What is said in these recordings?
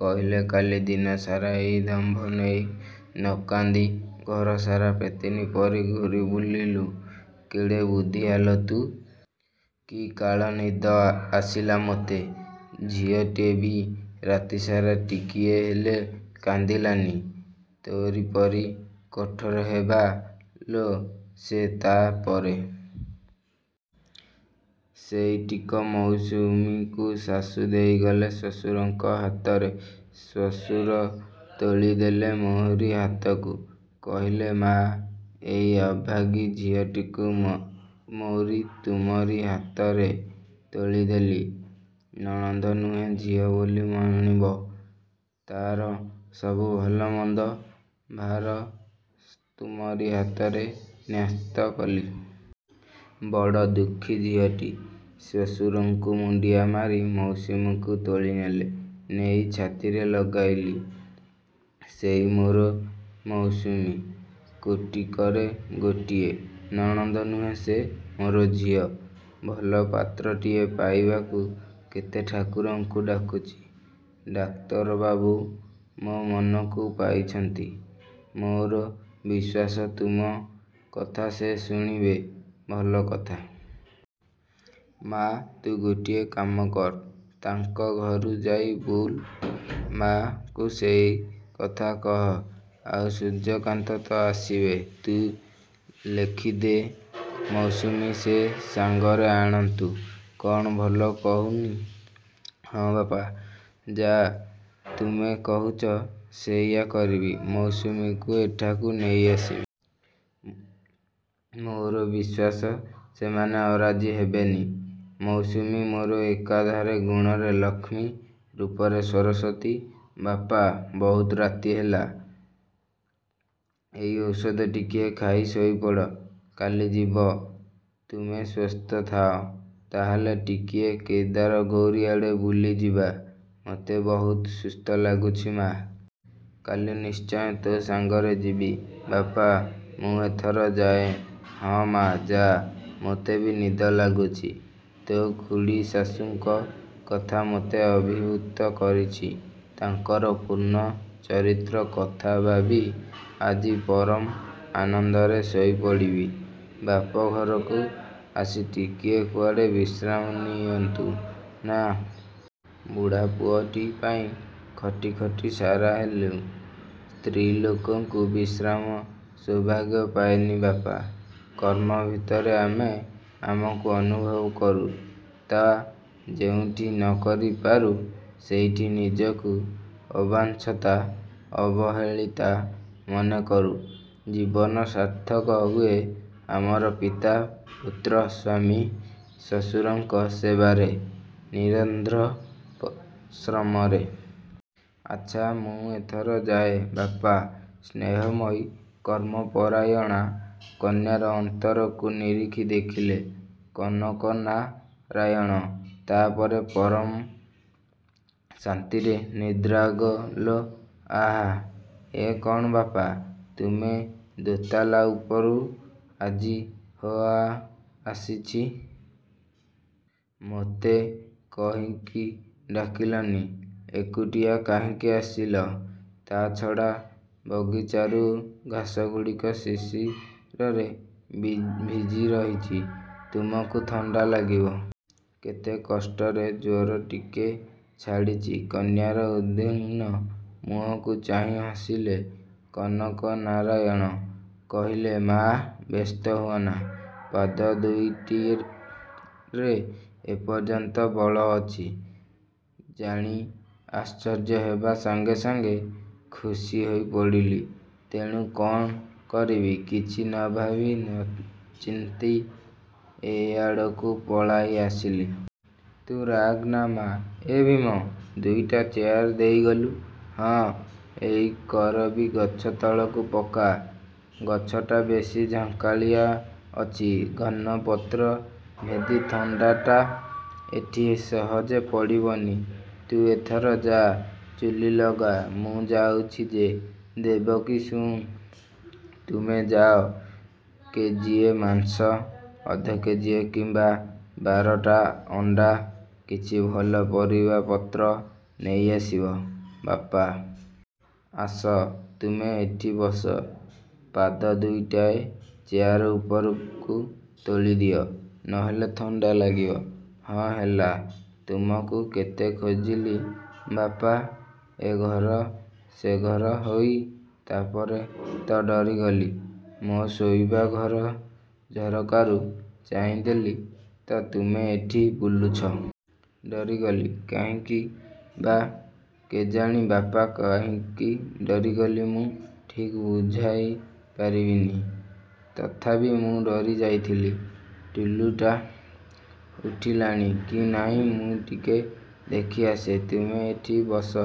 କହିଲେ କାଲି ଦିନସାରା ଏଇ ଦମ୍ଭ ନେଇ ନକାନ୍ଦି ଘରସାରା ପ୍ରେତିନୀ ପରି ଘୂରି ବୁଲିଲୁ? କେଡ଼େ ବୁଦ୍ଧିଆ ଲୋ ତୁ। କି କାଳନିଦ ଆସିଲା ମୋତେ! ଝିଅଟି ବି ରାତିସାରା ଟିକିଏ ହେଲେ କାନ୍ଦିଲାନି! ତୋରି ପରି କାଠୋଇ ହେବା ଲୋ ସେ। ତା'ପରେ, ସେଇ ଟିକ ମୌସୁମୀକୁ ଶାଶୂ ଦେଇଗଲେ ଶ୍ୱଶୁରଙ୍କ ହାତରେ, ଶ୍ୱଶୁର ତୋଳିଦେଲେ ମୋରି ହାତକୁ। କହିଲେ ମାଆ, ଏଇ ଅଭାଗୀ ଝିଅଟିକୁ ମ ମୋରି ତୁମରି ହାତରେ ତୋଳିଦେଲି। ନଣନ୍ଦ ନୁହେଁ ଝିଅ ବୋଲି ମଣିବ। ତା'ର ସବୁ ଭଲମନ୍ଦ ଭାର ତୁମରି ହାତରେ ନ୍ୟସ୍ତ କଲି। ବଡ଼ ଦୁଃଖୀ ଝିଅଟି। ଶ୍ୱଶୁରଙ୍କୁ ମୁଣ୍ଡିଆ ମାରି ମୌସୁମୀକୁ ତୋଳିନେଲି, ନେଇ ଛାତିରେ ଲଗାଇଲି। ସେଇ ମୋର ମୌସୁମୀ। କୋଟିକରେ ଗୋଟିଏ, ନଣନ୍ଦ ନୁହେଁ ସେ ମୋର ଝିଅ। ଭଲ ପାତ୍ରଟିଏ ପାଇବାକୁ କେତେ ଠାକୁରଙ୍କୁ ଡାକୁଛି। ଡାକ୍ତରବାବୁ ମୋ ମନକୁ ପାଇଛନ୍ତି, ମୋର ବିଶ୍ୱାସ ତୁମ କଥା ସେ ଶୁଣିବେ। ଭଲକଥା। ମା, ତୁ ଗୋଟିଏ କାମ କର୍। ତାଙ୍କ ଘରୁ ଯାଇ ବୋଉ ମା'ଙ୍କୁ ସେକଥା କହ। ଆଉ ସୂର୍ଯ୍ୟକାନ୍ତ ତ ଆସିବେ। ତୁ ଲେଖିଦେ ମୌସୁମୀ ସେ ସାଙ୍ଗରେ ଆଣନ୍ତୁ। କ'ଣ ଭଲ କହୁନି? ହଁ ବାପା। ଯାହା ତୁମେ କହୁଛ ସେଇଆ କରିବି। ମୌସୁମୀକୁ ଏଠାକୁ ନେଇଆସିବି। ମୋର ବିଶ୍ୱାସ ସେମାନେ ଅରାଜି ହେବେନି। ମୌସୁମୀ ମୋର ଏକାଧାରେ ଗୁଣରେ ଲକ୍ଷ୍ମୀ, ରୂପରେ ସରସ୍ୱତୀ। ବାପା ବହୁତ ରାତି ହେଲା। ଏଇ ଔଷଧ ଟିକିଏ ଖାଇ ଶୋଇପଡ଼। କାଲି ଯିବ, ତୁମେ ସୁସ୍ଥ ଥାଅ, ତାହାହେଲେ ଟିକେ କେଦାରଗୌରୀ ଆଡ଼େ ବୁଲିଯିବା। ମୋତେ ବହୁତ ସୁସ୍ଥ ଲାଗୁଛି ମା'। କାଲି ନିଶ୍ଚୟ ତୋ ସାଙ୍ଗରେ ଯିବି। ବାପା, ମୁଁ ଏଥର ଯାଏ?ହଁ ମା', ଯା। ମୋତେ ବି ନିଦ ଲାଗୁଛି। ତୋ ଖୁଡ଼ୀଶାଶୂଙ୍କ କଥା ମୋତେ ଅଭିଭୂତ କରିଛି। ତାଙ୍କର ପୂର୍ଣ୍ଣ ଚରିତ୍ର କଥା ଭାବି ଆଜି ପରମ ଆନନ୍ଦରେ ଶୋଇପଡ଼ିବି। ବାପଘରକୁ ଆସି ଟିକିଏ କୁଆଡ଼େ ବିଶ୍ରାମ ନିଅନ୍ତୁ ନା। ବୁଢ଼ା ପୁଅଟି ପାଇଁ ଖଟି ଖଟି ସାରା ହେଲୁ। ସ୍ତ୍ରୀ ଲୋକଙ୍କୁ ବିଶ୍ରାମ ଶୋଭାଗ୍ୟପାଏନି ବାପା, କର୍ମ ଭିତରେ ଆମେ ଆମକୁ ଅନୁଭବ କରୁ। ତା ଯେଉଁଠି ନ କରିପାରୁ, ସେଠି ନିଜକୁ ଅବାଞ୍ଛିତା, ଅବହେଳିତା ମନେକରୁ। ଜୀବନ ସାର୍ଥକ ହୁଏ ଆମର ପିତା, ପୁତ୍ର, ସ୍ୱାମୀ, ଶ୍ୱଶୁରଙ୍କ ସେବାରେ, ନିରନ୍ଧ୍ର ଶ୍ରମରେ। ଆଚ୍ଛା, ମୁଁ ଏଥର ଯାଏ ବାପା। ସ୍ନେହମୟୀ କର୍ମପରାୟଣା କନ୍ୟାର ଅନ୍ତରକୁ ନିରିଖି ଦେଖିଲେ କନକନାରାୟଣ। ତାପରେ ପରମ ଶାନ୍ତିରେ ନିଦ୍ରାଗଲ। ଆଃ, ଏ କ'ଣ ବାପା, ତୁମେ ଦୋ'ତାଲା ଉପରୁ ଆଜି ଓଆସିଛି? ମୋତେ କହିକି ଡାକିଲାନି? ଏକୁଟିଆ କାହିଁକି ଆସିଲ? ତା' ଛଡ଼ା ବଗିଚାରୁ ଘାସଗୁଡ଼ିକ ଶିଶିରରେ ବି ଭିଜି ରହିଚି, ତୁମକୁ ଥଣ୍ଡା ଲାଗିବ। କେତେ କଷ୍ଟରେ ଜ୍ୱର ଟିକେ ଛାଡ଼ିଛି। କନ୍ୟାର ଉଦ୍ବିଘ୍ନ ମୁହଁକୁ ଚାହିଁ ହସିଲେ କନକନାରାୟଣ। କହିଲେ ମା', ବ୍ୟସ୍ତ ହୁଅନା। ପାଦ ଦୁଇଟିରେ ଏପର୍ଯ୍ୟନ୍ତ ବଳ ଅଛି ଜାଣି ଆଶ୍ଚର୍ଯ୍ୟ ହେବା ସଙ୍ଗେ ସଙ୍ଗେ ଖୁସି ହୋଇପଡ଼ିଲି। ତେଣୁ, କ'ଣ କରିବି କିଛି ନଭାବି ନଚିନ୍ତି ଏଇଆଡ଼କୁ ପଳାଇ ଆସିଲି। ତୁ ରାଗ୍ନା ମାଆ। ଏ ଭୀମ, ଦୁଇଟା ଚେୟାର ଦେଇଗଲୁ, ହଁ ଏଇ କରବୀ ଗଛ ତଳକୁ ପକା। ଗଛଟା ବେଶି ଝଙ୍କାଳିଆ ଅଛି। ଘନ ପତ୍ର ଭେଦି ଥଣ୍ଡାଟା ଏଠି ସହଜେ ପଡ଼ିବନି। ତୁ ଏଥର ଯା, ଚୁଲି ଲଗା, ମୁଁ ଯାଉଛି ଯେ। ଦେବକୀ ଶୁଣ; ତୁମେ ଯାଅ କେଜିଏ ମାଂସ, ଅଧକେଜି କିମା, ବାରଟା ଅଣ୍ଡା, କିଛି ଭଲ ପରିବାପତ୍ର ନେଇଆସିବ। ବାପା, ଆସ ତୁମେ ଏଇଠି ବସ। ପାଦ ଦୁଇଟାଏ ଚେୟାର ଉପରକୁ ତୋଳିଦିଅ, ନହେଲେ ଥଣ୍ଡା ଲାଗିବ। ହଁ ହେଲା, ତୁମକୁ କେତେ ଖୋଜିଲି ବାପା, ଏଘର ସେଘର ହୋଇ, ତା'ପରେ ତ ଡରିଗଲି। ମୋ ଶୋଇବା ଘର ଝରକାରୁ ଚାହିଁ ଦେଲି ତ ତୁମେ ଏଇଠି ବୁଲୁଛ। ଡରିଗଲୁ କାହିଁକି ବା? କେଜାଣି ବାପା କାହିଁକି ଡରିଗଲି ମୁଁ ଠିକ୍ ବୁଝାଇପାରିବିନି। ତଥାପି ମୁଁ ଡରିଯାଇଥିଲି। ଟୁଲୁଟା ଉଠିଲାଣି କି ନାହିଁ ମୁଁ ଟିକେ ଦେଖିଆସେ। ତୁମେ ଏଇଠି ବସ।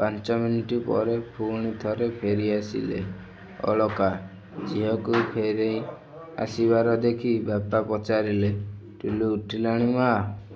ପାଞ୍ଚ ମିଣ୍ଟି ପରେ ଫୁଣି ଥରେ ଫେରିଆସିଲେ ଅଳକା। ଝିଅକୁ ଫେରିଆସିବାର ଦେଖି ବାପା ପଚାରିଲେ ଟୁଲୁ ଉଠିଲାଣି ମାଆ?